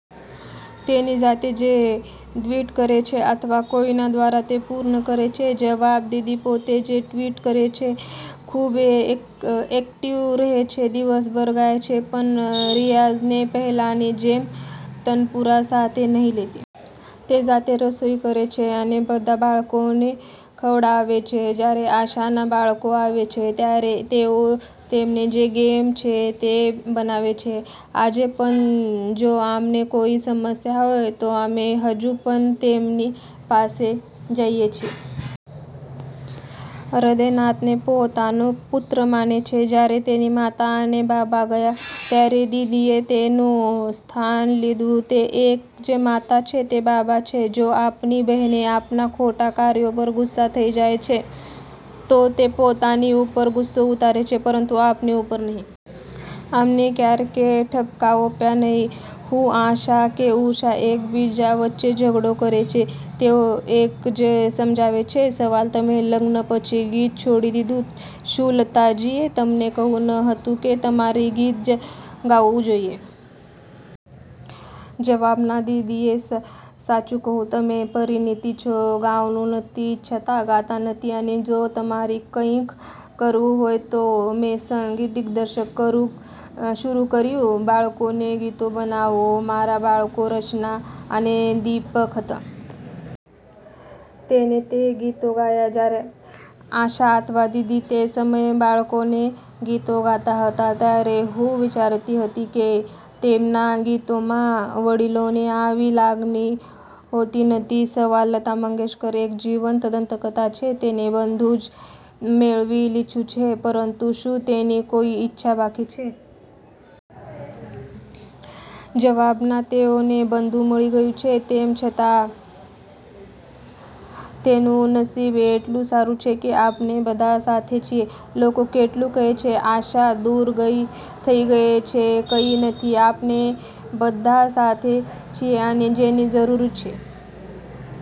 તેણી જાતે જ ટ્વિટ કરે છે અથવા કોઈના દ્વારા તે પૂર્ણ કરે છે? જવાબ: દીદી પોતે જ ટ્વીટ્સ કરે છે, ખૂબ જ એક્ટિવ રહે છે, દિવસભર ગાય છે પણ રિયાઝને પહેલાંની જેમ તનપુરા સાથે નથી લેતી. તે જાતે રસોઇ કરે છે અને બધા બાળકોને ખવડાવે છે. જ્યારે આશાના બાળકો આવે છે, ત્યારે તેઓ તેમને જે ગમે છે તે બનાવે છે. આજે પણ, જો અમને કોઈ સમસ્યા હોય, તો અમે હજી પણ તેમની પાસે જઇએ છીએ. હદયનાથને પોતાનો પુત્ર માને છે, જ્યારે તેની માતા અને બાબા ગયા, ત્યારે દીદીએ તેનું સ્થાન લીધું. તે એક જ માતા છે, તે બાબા છે. જો આપણી બહેન આપણા ખોટા કાર્યો પર ગુસ્સે થઈ જાય છે, તો તે પોતાની ઉપર ગુસ્સો ઉતારે છે પરંતુ આપણી ઉપર નહીં. અમને ક્યારેય ઠપકો આપ્યો નહીં. હું, આશા કે ઉષા એક બીજા વચ્ચે ઝઘડો કરે છે, તેઓ એક જ સમજાવે છે.. સવાલ: તમે લગ્ન પછી ગીત છોડી દીધું, શું લતાજીએ તમને કહ્યું ન હતું કે તમારે ગીત ગાવું જોઈએ? જવાબ: ના, દીદીએ સાચું કહ્યું, તમે પરિણીત છો, ગાવાનું નથી ઇચ્છતા, ગાતા નથી અને જો તમારે કંઇક કરવું હોય તો. મેં સંગીત દિગ્દર્શન શરૂ કર્યું. બાળકોનાં ગીતો બનાવો. મારા બાળકો રચના અને દિપક હતા. તેણે તે ગીતો ગાયાં. જ્યારે આશા અથવા દીદી તે સમયે બાળકોના ગીતો ગાતા હતા, ત્યારે હું વિચારતી હતી કે, તેમના ગીતોમાં વડીલોની આવી લાગણી હોતી નથી.. સવાલ: લતા મંગેશકર એક જીવંત દંતકથા છે, તેણે બધું જ મેળવી લીધું છે, પરંતુ શું તેની કોઈ ઇચ્છા બાકી છે? જવાબ: ના, તેઓને બધું મળી ગયું છે, તેમ છતાં તેમનું નસીબ એટલું સારું છે કે આપણે બધા સાથે છીએ. લોકો કેટલું કહે છે કે આશા દૂર થઈ ગઈ છે કંઈ નથી આપણે બધા સાથે છીએ અને જેની જરૂર છે.